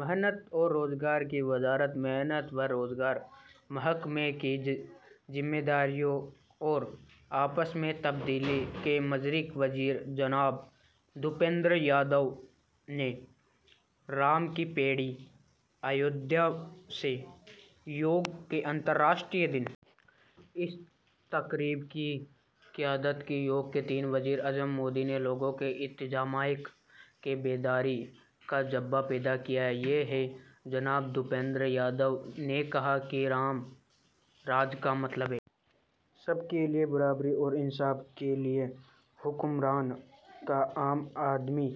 محنت اور روزگار کی وزارت محنت و روزگار ماحولیات جنگلات اور آب و ہوا میں تبدیلی کے مرکزی وزیر جناب بھوپیندر یادو نے رام کی پیڑی ایودھیا سے یوگ کے بین الاقوامی دن کی تقریب کی قیادت کی یوگ کے تئیں وزیر اعظم مودی نے لوگوں میں اجتماعیت اور بیداری کا جذبہ پیدا کیا ہے جناب بھوپیندر یادو نے کہا کہ رام راج کا مطلب ہے سب کے لیے مساوات اور حکمران کا عوامی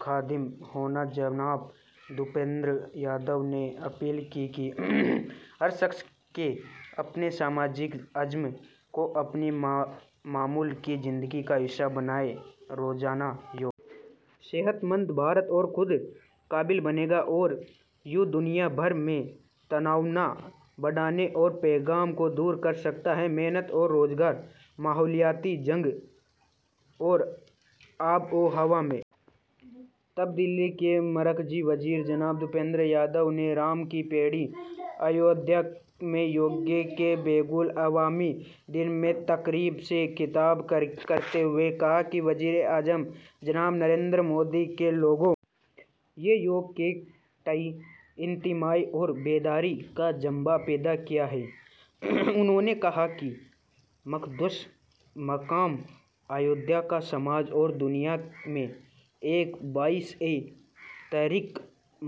خادم ہونا جناب بھوپیندر یادو نے اپیل کی کہ یوگ کے دن کے اجتماعی عزم کو اپنی معمول کی زندگی کا حصہ بنائیں روزانہ یوگ سے بھارت صحت مند اور خود کفیل بنے گا اور یوگ دنیا بھر میں تناؤ بدامنی اور ہنگامے کو دور کر سکتا ہے محنت و روزگار ماحولیات جنگلات اور آب و ہوا میں تبدیلی کے مرکزی وزیر جناب بھوپیندر یادو نے رام کی پیڑی ایودھیا میں یوگ کے بین الاقوامی دن کی تقریب سے خطاب کرتے ہوئے کہا کہ وزیر اعظم جناب نریندر مودی نے لوگوں میں یوگ کے تئیں اجتماعیت اور بیداری کا جذبہ پیدا کیا ہے انہوں نے کہا کہ مقدس مقام ایودھیا کا سماج اور دنیا میں ایک باعث تحریک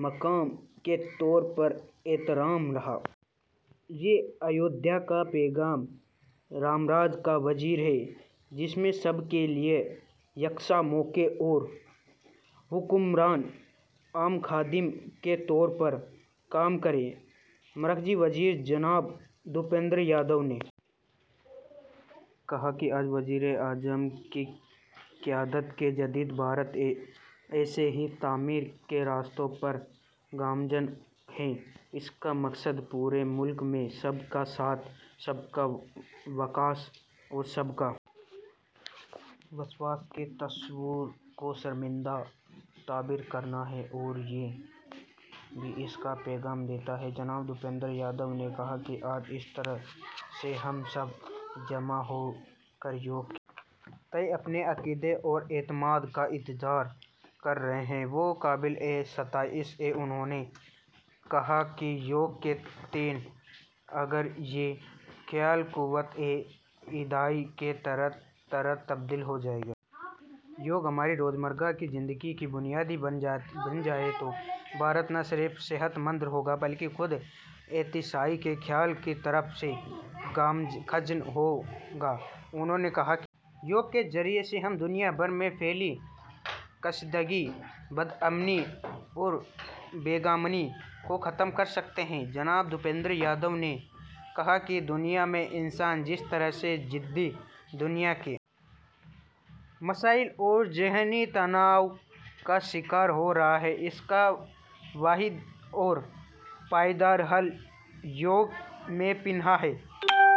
مقام کے طور پر احترام رہا ہے ایودھیا کا پیغام رام راج کا ویژن ہے جس میں سب کے لیے یکساں مواقع ہوں اور حکمران عوام کے خادم کے طور پر کام کرے مرکزی وزیر جناب بھوپیندر یادو نے کہا کہ آج وزیر اعظم کی قیادت میں جدید بھارت ایسے ہی تعمیر کے راستے پر گامزن ہے جس کا مقصد پورے ملک میں سب کا ساتھ سب کا وکاس اور سب کا وشواس کے تصور کو شرمندہ تعبیر کرنا ہے اور یوگ بھی اسی کا پیغام دیتا ہے جناب بھوپیندر یادو نے کہا کہ آج جس طرح سے ہم سب جمع ہو کر یوگ کے تئیں اپنے عقیدے اور اعتماد کا اظہار کر رہے ہیں وہ قابل ستائش ہے انہوں نے کہا کہ یوگ کے تئیں اگر یہ خیال قوت ارادی میں اس طرح تبدیل ہو جائے کہ یوگ ہماری روزمرہ کی معمولات زندگی کی بنیاد بن جائے تو بھارت نہ صرف صحت مند ہو گا بلکہ خود انحصاری کے خواب کی طرف بھی گامزن ہو گا انہوں نے کہا کہ یوگ کے ذریعے سے ہم دنیا بھر میں پھیلی کشیدگی بدامنی اور ہنگامے کو ختم کر سکتے ہیں جناب بھوپیندر یادو نے کہا کہ دنیا میں انسان جس طرح سے جدید دنیا کے مسائل اور ذہنی تناؤ کا شکار ہو رہا ہے اس کا واحد اور پائیدار حل یوگ میں پنہاں ہے